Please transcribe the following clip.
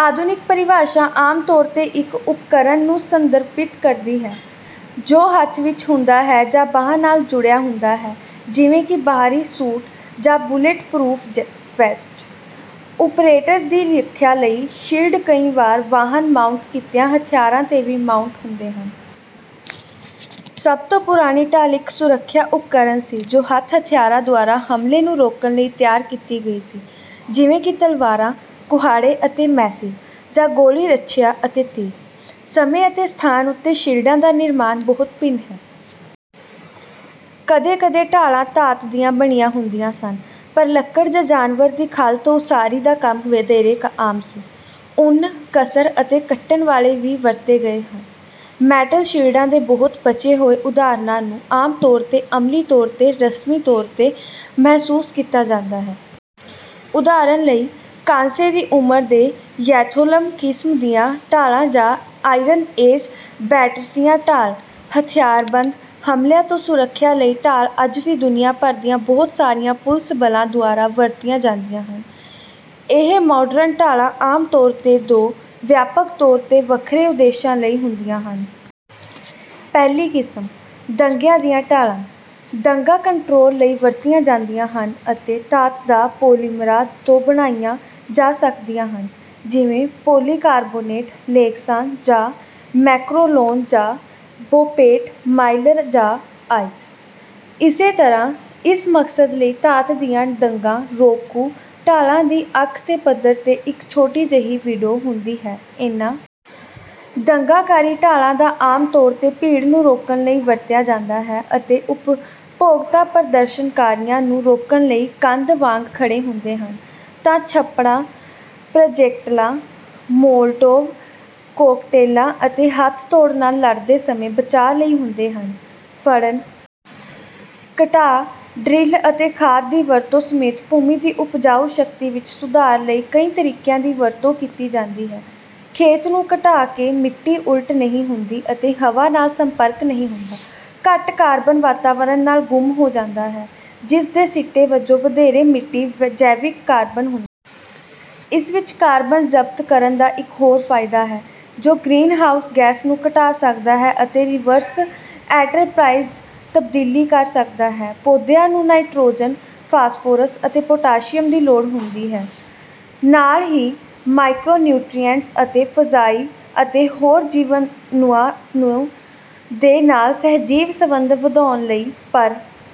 ਆਧੁਨਿਕ ਪਰਿਭਾਸ਼ਾ ਆਮ ਤੌਰ 'ਤੇ ਇੱਕ ਉਪਕਰਣ ਨੂੰ ਸੰਦਰਭਿਤ ਕਰਦੀ ਹੈ, ਜੋ ਹੱਥ ਵਿਚ ਹੁੰਦਾ ਹੈ ਜਾਂ ਬਾਂਹ ਨਾਲ ਜੁੜਿਆ ਹੁੰਦਾ ਹੈ, ਜਿਵੇਂ ਕਿ ਬਾਹਰੀ ਸੂਟ ਜਾਂ ਬੁਲੇਟ-ਪਰੂਫ ਵੈਸਟ। ਓਪਰੇਟਰ ਦੀ ਰੱਖਿਆ ਲਈ ਸ਼ੀਲਡ ਕਈ ਵਾਰ ਵਾਹਨ-ਮਾਊਂਟ ਕੀਤੀਆਂ ਹਥਿਆਰਾਂ 'ਤੇ ਵੀ ਮਾਊਂਟ ਹੁੰਦੇ ਹਨ। ਸਭ ਤੋਂ ਪੁਰਾਣੀ ਢਾਲ ਇੱਕ ਸੁਰੱਖਿਆ ਉਪਕਰਣ ਸੀ, ਜੋ ਹੱਥ-ਹਥਿਆਰਾਂ ਦੁਆਰਾ ਹਮਲੇ ਨੂੰ ਰੋਕਣ ਲਈ ਤਿਆਰ ਕੀਤੀ ਗਈ ਸੀ, ਜਿਵੇਂ ਕਿ ਤਲਵਾਰਾਂ, ਕੁਹਾੜੇ ਅਤੇ ਮੈਸਿਜ, ਜਾਂ ਗੋਲੀ-ਰੱਛਿਆ ਅਤੇ ਤੀਰ। ਸਮੇਂ ਅਤੇ ਸਥਾਨ ਉੱਤੇ ਸ਼ੀਲਡਾਂ ਦਾ ਨਿਰਮਾਣ ਬਹੁਤ ਭਿੰਨ ਹੈ। ਕਦੇ-ਕਦੇ ਢਾਲਾਂ ਧਾਤ ਦੀਆਂ ਬਣੀਆਂ ਹੁੰਦੀਆਂ ਸਨ, ਪਰ ਲੱਕੜ ਜਾਂ ਜਾਨਵਰ ਦੀ ਖੱਲ ਤੋਂ ਉਸਾਰੀ ਦਾ ਕੰਮ ਵਧੇਰੇ ਆਮ ਸੀ। ਉੱਨ, ਕਸਰ ਅਤੇ ਕੱਟਣ ਵਾਲੇ ਵੀ ਵਰਤੇ ਗਏ ਹਨ। ਮੈਟਲ ਸ਼ੀਲਡਾਂ ਦੇ ਬਹੁਤੇ ਬਚੇ ਹੋਏ ਉਦਾਹਰਣਾਂ ਨੂੰ ਆਮ ਤੌਰ 'ਤੇ ਅਮਲੀ ਤੌਰ 'ਤੇ ਰਸਮੀ ਤੌਰ 'ਤੇ ਮਹਿਸੂਸ ਕੀਤਾ ਜਾਂਦਾ ਹੈ। ਉਦਾਹਰਨ ਲਈ, ਕਾਂਸੇ ਦੀ ਉਮਰ ਦੇ ਯੈਠੋਲਮ-ਕਿਸਮ ਦੀਆਂ ਢਾਲਾਂ ਜਾਂ ਆਇਰਨ ਏਜ ਬੈਟਰਸੀਆ ਢਾਲ। ਹਥਿਆਰਬੰਦ ਹਮਲਿਆਂ ਤੋਂ ਸੁਰੱਖਿਆ ਲਈ ਢਾਲ ਅੱਜ ਵੀ ਦੁਨੀਆਂ ਭਰ ਦੀਆਂ ਬਹੁਤ ਸਾਰੀਆਂ ਪੁਲਿਸ ਬਲਾਂ ਦੁਆਰਾ ਵਰਤੀਆਂ ਜਾਂਦੀਆਂ ਹਨ। ਇਹ ਮਾਡਰਨ ਢਾਲਾਂ ਆਮ ਤੌਰ 'ਤੇ ਦੋ ਵਿਆਪਕ ਤੌਰ 'ਤੇ ਵੱਖਰੇ ਉਦੇਸ਼ਾਂ ਲਈ ਹੁੰਦੀਆਂ ਹਨ। ਪਹਿਲੀ ਕਿਸਮ, ਦੰਗਿਆਂ ਦੀਆਂ ਢਾਲਾਂ, ਦੰਗਾ ਕੰਟਰੋਲ ਲਈ ਵਰਤੀਆਂ ਜਾਂਦੀਆਂ ਹਨ ਅਤੇ ਧਾਤ ਜਾਂ ਪੋਲੀਮਰਾਂ ਤੋਂ ਬਣਾਈਆਂ ਜਾ ਸਕਦੀਆਂ ਹਨ, ਜਿਵੇਂ ਪੌਲੀਕਾਰਬੋਨੇਟ, ਲੇਕਸਾਨ ਜਾਂ ਮੈਕਰੋਲੋਨ, ਜਾਂ ਬੋਪੇਟ ਮਾਈਲਰ ਜਾਂ ਆਈਜ਼। ਇਸੇ ਤਰ੍ਹਾਂ, ਇਸ ਮਕਸਦ ਲਈ ਧਾਤ ਦੀਆਂ ਦੰਗਾ-ਰੋਕੂ ਢਾਲਾਂ ਦੀ ਅੱਖ ਦੇ ਪੱਧਰ 'ਤੇ ਇੱਕ ਛੋਟੀ ਜਿਹੀ ਵਿੰਡੋ ਹੁੰਦੀ ਹੈ। ਇਨ੍ਹਾਂ ਦੰਗਾਕਾਰੀ ਢਾਲਾਂ ਦਾ ਆਮ ਤੌਰ 'ਤੇ ਭੀੜ ਨੂੰ ਰੋਕਣ ਲਈ ਵਰਤਿਆ ਜਾਂਦਾ ਹੈ ਅਤੇ ਜਦੋਂ ਉਪਭੋਗਤਾ ਪ੍ਰਦਰਸ਼ਨਕਾਰੀਆਂ ਨੂੰ ਰੋਕਣ ਲਈ “ਕੰਧ” ਵਾਂਗ ਖੜ੍ਹੇ ਹੁੰਦੇ ਹਨ, ਤਾਂ ਛੱਪੜਾਂ, ਪ੍ਰੋਜੇਕਟਲਾਂ, ਮੋਲਟੋਵ ਕੋਕਟੇਲਾਂ ਅਤੇ ਹੱਥ-ਤੋੜ ਨਾਲ ਲੜਦੇ ਸਮੇਂ ਬਚਾਅ ਲਈ ਹੁੰਦੇ ਹਨ। ਫੜ੍ਹਨ, ਘਟਾਅ, ਡਰਿਲ ਅਤੇ ਖਾਦ ਦੀ ਵਰਤੋਂ ਸਮੇਤ ਭੂਮੀ ਦੀ ਉਪਜਾਊ ਸ਼ਕਤੀ ਵਿੱਚ ਸੁਧਾਰ ਲਈ ਕਈ ਤਰੀਕਿਆਂ ਦੀ ਵਰਤੋਂ ਕੀਤੀ ਜਾਂਦੀ ਹੈ। ਖੇਤ ਨੂੰ ਘਟਾ ਕੇ, ਮਿੱਟੀ ਉਲਟ ਨਹੀਂ ਹੁੰਦੀ ਅਤੇ ਹਵਾ ਨਾਲ ਸੰਪਰਕ ਨਹੀਂ ਹੁੰਦਾ; ਘੱਟ ਕਾਰਬਨ ਵਾਤਾਵਰਣ ਨਾਲ ਗੁੰਮ ਹੋ ਜਾਂਦਾ ਹੈ, ਜਿਸ ਦੇ ਸਿੱਟੇ ਵਜੋਂ ਵਧੇਰੇ ਮਿੱਟੀ ਜੈਵਿਕ ਕਾਰਬਨ ਹੁੰਦਾ ਹੈ। ਇਸ ਵਿੱਚ ਕਾਰਬਨ ਜ਼ਬਤ ਕਰਨ ਦਾ ਇੱਕ ਹੋਰ ਫਾਇਦਾ ਹੈ, ਜੋ ਗ੍ਰੀਨਹਾਊਸ ਗੈਸ ਨੂੰ ਘਟਾ ਸਕਦਾ ਹੈ ਅਤੇ ਰਿਵਰਸ ਐਂਟਰਪ੍ਰਾਈਜ਼ਲ ਤਬਦੀਲੀ ਕਰ ਸਕਦਾ ਹੈ। ਪੌਦਿਆਂ ਨੂੰ ਨਾਈਟ੍ਰੋਜਨ, ਫਾਸਫੋਰਸ ਅਤੇ ਪੋਟਾਸ਼ੀਅਮ ਦੀ ਲੋੜ ਹੁੰਦੀ ਹੈ, ਨਾਲ ਹੀ ਮਾਇਕ੍ਰੋਨਿਊਟ੍ਰੀਐਂਟਸ ਅਤੇ ਫੰਜਾਈ ਅਤੇ ਹੋਰ ਜੀਵਾਣੂਆਂ ਦੇ ਨਾਲ ਸਹਿਜੀਵ ਸੰਬੰਧ ਵਧਾਉਣ ਲਈ, ਪਰ...